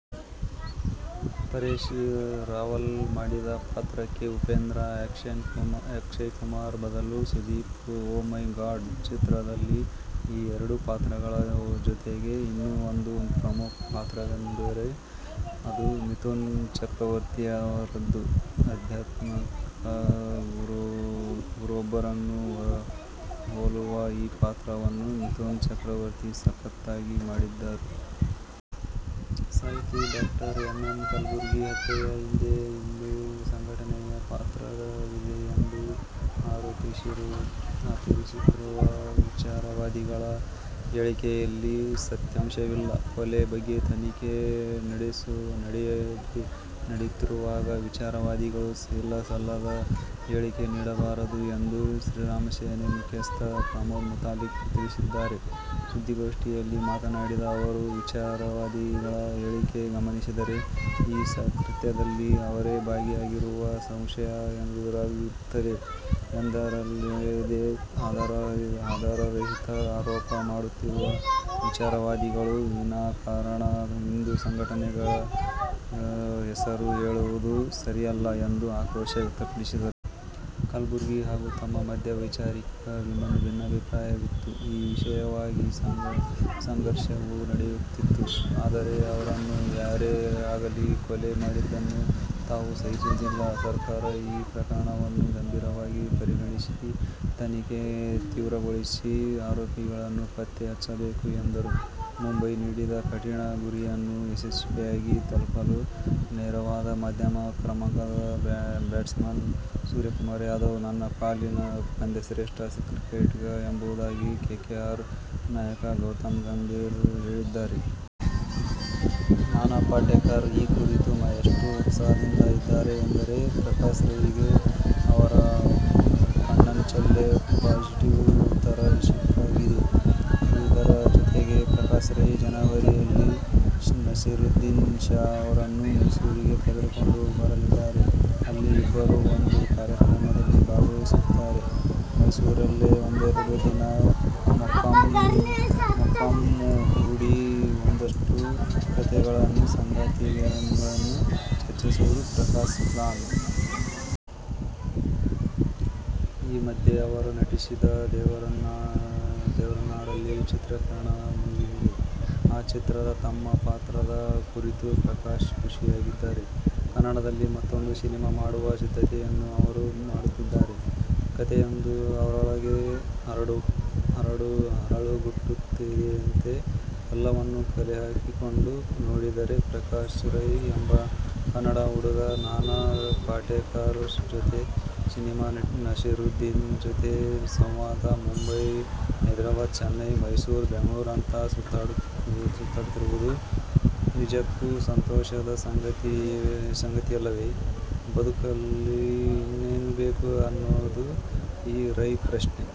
ಪರೇಶ್ ರಾವಲ್ ಮಾಡಿದ ಪಾತ್ರಕ್ಕೆ ಉಪೇಂದ್ರ. ಅಕ್ಷಯ್ ಕುಮಾರ್ ಬದಲು ಸುದೀಪ್. "ಓ ಮೈ ಗಾಡ್' ಚಿತ್ರದಲ್ಲಿ ಈ ಎರಡು ಪಾತ್ರಗಳ ಜೊತೆಗೆ ಇನ್ನೂ ಒಂದು ಪ್ರಮುಖ ಪಾತ್ರವೆಂದರೆ ಅದು ಮಿಥುನ್ ಚಕ್ರವರ್ತಿಯವರದ್ದು. ಆಧ್ಯಾತ್ಮಿಕ ಗುರುವೊಬ್ಬರನ್ನು ಹೋಲುವ ಈ ಪಾತ್ರವನ್ನು ಮಿಥುನ್ ಚಕ್ರವರ್ತಿ ಸಖತ್ತಾಗಿ ಮಾಡಿದ್ದರು. ಸಾಹಿತಿ ಡಾ ಎಂ. ಎಂ. ಕಲಬುರ್ಗಿ ಹತ್ಯೆಯ ಹಿಂದೆ ಹಿಂದೂ ಸಂಘಟನೆಯ ಪಾತ್ರವಿದೆಯೆಂದು ಆರೋಪಿಸುತ್ತಿರುವ ವಿಚಾರವಾದಿಗಳ ಹೇಳಿಕೆಯಲ್ಲಿ ಸತ್ಯಾಂಶವಿಲ್ಲ. ಕೊಲೆ ಬಗ್ಗೆ ತನಿಖೆ ನಡೆಯುತ್ತಿರುವಾಗ ವಿಚಾರವಾದಿಗಳು ಇಲ್ಲಸಲ್ಲದ ಹೇಳಿಕೆ ನೀಡಬಾರದು ಎಂದು ಶ್ರೀರಾಮಸೇನೆ ಮುಖ್ಯಸ್ಥ ಪ್ರಮೋದ ಮುತಾಲಿಕ ತಿಳಿಸಿದ್ದಾರೆ. ಸುದ್ದಿಗೋಷ್ಠಿಯಲ್ಲಿ ಮಾತನಾಡಿದ ಅವರು, ವಿಚಾರವಾದಿಗಳ ಹೇಳಿಕೆ ಗಮನಿಸಿದರೆ ಈ ಕೃತ್ಯದಲ್ಲಿ ಅವರೇ ಭಾಗಿಯಾಗಿರುವ ಸಂಶಯ ಎದುರಾಗುತ್ತದೆ ಎಂದರಲ್ಲದೇ, ಆಧಾರರಹಿತ ಆರೋಪ ಮಾಡುತ್ತಿರುವ ವಿಚಾರವಾದಿಗಳು ವಿನಾಕಾರಣ ಹಿಂದೂ ಸಂಘಟನೆಗಳ ಹೆಸರು ಹೇಳುವುದು ಸರಿಯಲ್ಲ ಎಂದು ಆಕ್ರೋಶ ವ್ಯಕ್ತಪಡಿಸಿದರು. ಕಲಬುರ್ಗಿ ಹಾಗೂ ತಮ್ಮ ಮಧ್ಯೆ ವೈಚಾರಿಕ ಭಿನ್ನಾಭಿಪ್ರಾಯವಿತ್ತು. ಈ ವಿಷಯವಾಗಿ ಸಂಘರ್ಷವೂ ನಡೆಯುತ್ತಿತ್ತು. ಆದರೆ ಅವರನ್ನು ಯಾರೇ ಆಗಲಿ ಕೊಲೆ ಮಾಡಿದ್ದನ್ನು ತಾವು ಸಹಿಸುವುದಿಲ್ಲ. ಸರ್ಕಾರ ಈ ಪ್ರಕರಣವನ್ನು ಗಂಭೀರವಾಗಿ ಪರಿಗಣಿಸಿ ತನಿಖೆ ತೀವ್ರಗೊಳಿಸಿ ಆರೋಪಿಗಳನ್ನು ಪತ್ತೆ ಹಚ್ಚಬೇಕು ಎಂದರು. ಮುಂಬೈ ನೀಡಿದ ಕಠಿನ ಗುರಿಯನ್ನು ಯಶಸ್ವಿಯಾಗಿ ತಲಪಲು ನೆರವಾದ ಮಧ್ಯಮ ಕ್ರಮಾಂಕದ ಬ್ಯಾಟ್ಸ್ಮನ್ ಸೂರ್ಯಕುಮಾರ್ ಯಾದವ್ ನನ್ನ ಪಾಲಿನ ಪಂದ್ಯಶ್ರೇಷ್ಠ ಕ್ರಿಕೆಟಿಗ ಎಂಬುದಾಗಿ ಕೆಕೆಆರ್ ನಾಯಕ ಗೌತಮ್ ಗಂಭೀರ್ ಹೇಳಿದ್ದಾರೆ. ನಾನಾ ಪಾಟೇಕರ್ ಈ ಕುರಿತು ಎಷ್ಟು ಉತ್ಸಾಹದಿಂದ ಇದ್ದಾರೆ ಎಂದರೆ ಪ್ರಕಾಶ್ರೈಗೆ ಅವರ ಕಣ್ಣಂಚಲ್ಲೇ ಪಾಸಿಟಿವ್ ಉತ್ತರ ಸಿಕ್ಕಾಗಿದೆ. ಇದರ ಜೊತೆಗೇ ಪ್ರಕಾಶ್ ರೈ, ಜನವರಿಯಲ್ಲಿ ನಸೀರುದ್ದೀನ್ ಶಾ ಅವರನ್ನು ಮೈಸೂರಿಗೆ ಕರೆದುಕೊಂಡು ಬರಲಿದ್ದಾರೆ. ಅಲ್ಲಿ ಇಬ್ಬರೂ ಒಂದು ಕಾರ್ಯಕ್ರಮದಲ್ಲಿ ಭಾಗವಹಿಸುತ್ತಾರೆ. ಮೈಸೂರಲ್ಲೇ ಒಂದೆರಡು ದಿನ ಮೊಕ್ಕಾಂ ಹೂಡಿ ಒಂದಷ್ಟು ಕತೆಗಳನ್ನು, ಸಂಗತಿಗಳನ್ನು ಚರ್ಚಿಸುವುದು ಪ್ರಕಾಶ್ ಪ್ಲಾನು. ಈ ಮಧ್ಯೆ ಅವರು ನಟಿಸಿದ ದೇವರನಾಡಲ್ಲಿ ಚಿತ್ರೀಕರಣ ಮುಗಿದಿದೆ. ಆ ಚಿತ್ರದ ತಮ್ಮ ಪಾತ್ರದ ಕುರಿತೂ ಪ್ರಕಾಶ್ ಖುಷಿಯಾಗಿದ್ದಾರೆ. ಕನ್ನಡದಲ್ಲಿ ಮತ್ತೂಂದು ಸಿನಿಮಾ ಮಾಡುವ ಸಿದ್ಧತೆಯನ್ನೂ ಅವರು ಮಾಡುತ್ತಿದ್ದಾರೆ. ಕತೆಯೊಂದು ಅವರೊಳಗೆ ಹರಳುಗಟ್ಟುತ್ತಿದೆಯಂತೆ. ಎಲ್ಲವನ್ನೂ ಕಲೆಹಾಕಿಕೊಂಡು ನೋಡಿದರೆ ಪ್ರಕಾಶ್ ರೈ ಎಂಬ ಕನ್ನಡದ ಹುಡುಗ ನಾನಾ ಪಾಟೇಕರ್ ಜೊತೆ ಸಿನಿಮಾ, ನಸೀರುದ್ದೀನ್ ಜೊತೆ ಸಂವಾದ, ಮುಂಬೈ, ಹೈದರಾಬಾದ್, ಚೆನ್ನೈ, ಮೈಸೂರು, ಬೆಂಗಳೂರು- ಅಂತ ಸುತ್ತಾಡುತ್ತಿರುವುದು ನಿಜಕ್ಕೂ ಸಂತೋಷದ ಸಂಗತಿಯಲ್ಲವೇ? ಬದುಕಲ್ಲಿ ಇನ್ನೇನು ಬೇಕು ಅನ್ನೋದು ರೈ ಪ್ರಶ್ನೆ!